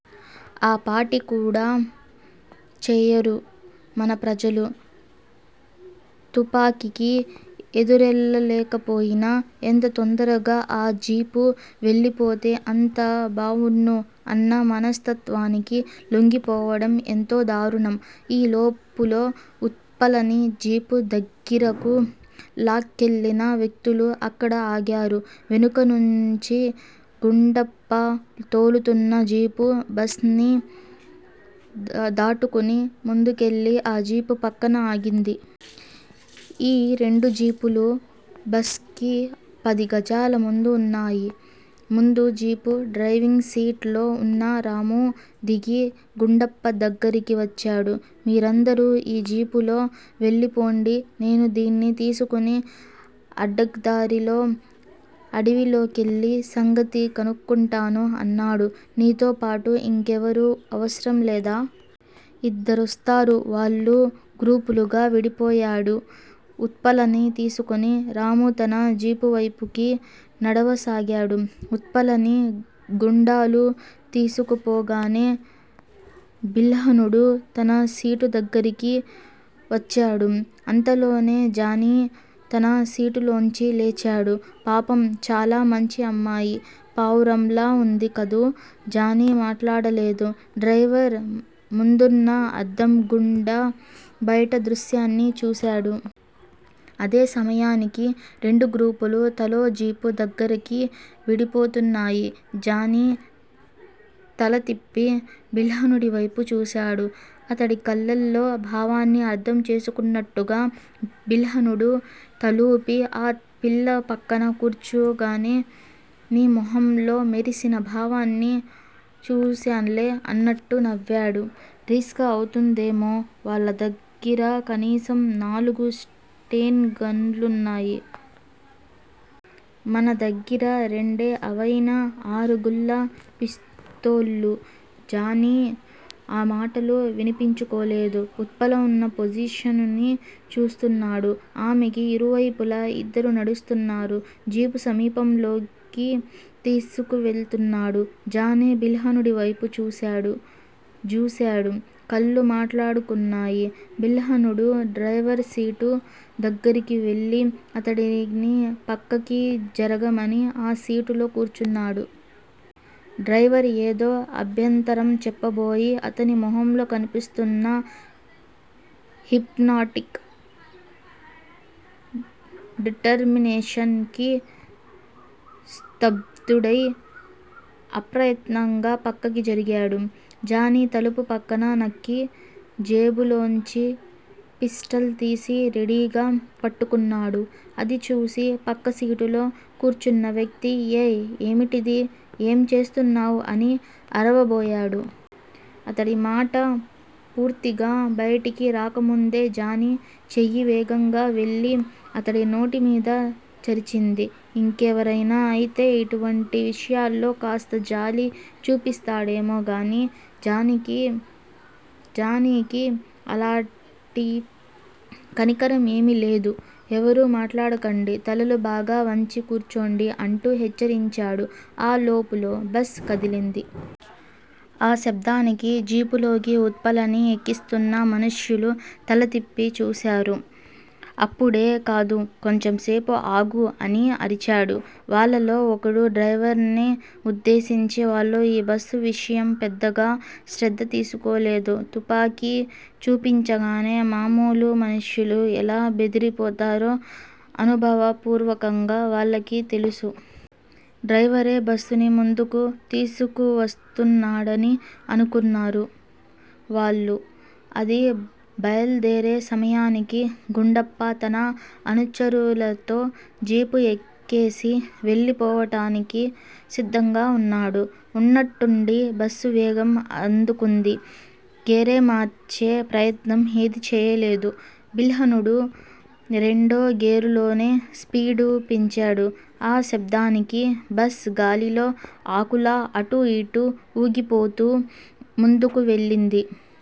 ఆపాటి కూడా చెయ్యరు మన ప్రజలు. తుపాకికి ఎదురెళ్ళలేకపొయినా, ఎంత తొందరగా ఆ జీపు వెళ్ళిపోతే అంత బావుణ్ణు అన్న మనస్తత్వానికి లొంగిపోవడం ఎంతో దారుణం. ఈ లోపులో ఉత్పలని జీపు దగ్గిరకు లాక్కెళ్ళిన వ్యక్తులు అక్కడ ఆగారు. వెనుక నుంచి గుండప్ప తోలుతున్న జీపు బస్ ని దాటుకుని ముందుకెళ్ళి ఆ జీపు పక్కన ఆగింది. ఈ రెండు జీపులూ బస్ కి పది గజాల ముందు వున్నాయి. ముందు జీపు డ్రైవింగ్ సీట్ లో వున్న రామూ దిగి గుండప్ప దగ్గిరకి వచ్చాడు. మీరందరూ ఈ జీపులో వెళ్ళిపొండి. నేను దీన్ని తీసుకుని అడ్డదారిలో అడవిలోకెళ్ళి సంగతి కనుక్కుంటాను అన్నాడు. నీతో పాటు ఇంకెవరూ అవసరం లేదా? ఇద్దరొస్తారు వాళ్ళు గ్రూపులుగా విడిపోయాడు. ఉత్పలని తీసుకొని రామూ తన జీపువైపుకి నడవసాగాడు. ఉత్పలని గుండాలు తీసుకుపోగానే బిల్హణుడు తన సీటు దగ్గిరకి వచ్చాడు అంతలోనే జానీ తన సీటులోంచి లేచాడు. పాపం చాలా మంచి అమ్మాయి. పావురంలా వుంది కదూ. జానీ మాట్లాడలేదు. డ్రైవర్ ముందున్న అద్దం గుండా బయట దృశ్యాన్ని చూశాడు. అదే సమయానికి రెండు గ్రూపులూ తలో జీపు దగ్గిరకి విడిపోతున్నాయి. జానీ తలతిప్పి బిల్హణుడివైపు చూశాడు. అతడి కళ్ళల్లో భావాన్ని అర్థం చేసుకున్నట్టుగా బిల్హణుడు తలూపి ఆ పిల్ల పక్కన కూర్చోగానే నీ మొహంలో మెరిసిన భావాల్ని చూసాన్లే అన్నట్టు నవ్వాడు. రిస్క్ అవుతుందేమో- వాళ్ళదగ్గిర కనీసం నాలుగు స్టెన్ గన్లున్నాయి. మన దగ్గిర రెండే అవైనా ఆరు గుళ్ళ పిస్తోళ్ళు. జానీ ఆ మాటలు వినిపించుకోలేదు. ఉత్పల వున్న పోజిషనుని చూస్తున్నాడు. ఆమెకి ఇరువైపులా ఇద్దరు నడుస్తున్నారు. జీపు సమీపంలోకి తీసుకువెళ్తున్నాడు. జానీ బిల్హణుడివైపు జూశాడు. కళ్ళు మాట్లాడుకున్నాయి. బిల్హణుడు డ్రైవర్ సీటు దగ్గరికి వెళ్ళి అతడిని పక్కకి జరగమని, ఆ సీటులో కూర్చొన్నాడు. డ్రైవర్ ఏదో అభ్యంతరం చెప్పబోయి, అతని మొహంలో కనిపిస్తున్నా హిప్నాటిక్ డిటర్మినేషన్ కి స్థబ్దుడై అప్రయత్నంగా పక్కకి జరిగాడు. జానీ తలుపు పక్కగా నక్కి జేబులోంచి పిస్టల్ తీసి రెడీగా పట్టుకున్నాడు. అది చూసి పక్కసీటులో కూర్చున్న వ్యక్తి ఏయ్, ఏమిటిది? ఏం చేస్తున్నావు అని అరవబోయాడు. అతడి మాట పూర్తిగా బయటికి రాకముందే జానీ చెయ్యి వేగంగా వెళ్ళి అతడినోటిమీద చరిచింది. ఇంకెవరైనా అయితే ఇటువంటి విషయాల్లో కాస్త జాలి చూపిస్తాడేమో గాని జానీకి అలాటి కనికరంఏమీ లేదు. ఎవరూ మాట్లాడకండి. తలలు బాగా వంచి కూర్చోండి అంటూ హెచ్చరించాడు. ఆ లోపులో బస్ కదిలింది. ఆ శబ్దానికి జీపులోకి ఉత్పలని ఎక్కిస్తున్న మనుష్యులు తలతిప్పి చూశారు. అప్పుడే కాదు. కొంచెం సేపు ఆగు అని అరిచాడు వాళ్ళలో ఒకడు డ్రైవర్ ని ఉద్దేశించి. వాళ్ళు ఈ బస్సు విషయం పెద్దగా శ్రద్ధ తీసుకోలేదు. తుపాకి చూపించగానే మామూలు మనుష్యులు ఎలా బెదిరిపోతారో అనుభవ పూర్వకంగా వాళ్ళకి తెలుసు. డ్రైవరే బస్సుని ముందుకు తీసుకువస్తున్నాడని అనుకున్నారు వాళ్ళు. అది బయల్దేరే సమయానికే గుండప్ప తన అనుచరులతో జీపు ఎక్కేసి వెళ్లిపోవటానికి సిద్ధంగా వున్నాడు. వున్నట్టుండి బస్సు వేగం అందుకుంది. గేరుమార్చే ప్రయత్నం ఏదీ చెయ్యలేదు బిల్హణుడు. రెండో గేరులోనే స్పీడు పెంచాడు. ఆ శబ్దానికి బస్ గాలిలో ఆకులా అటూ ఇటూ వూగిపోతూ ముందుకు వెళ్ళింది.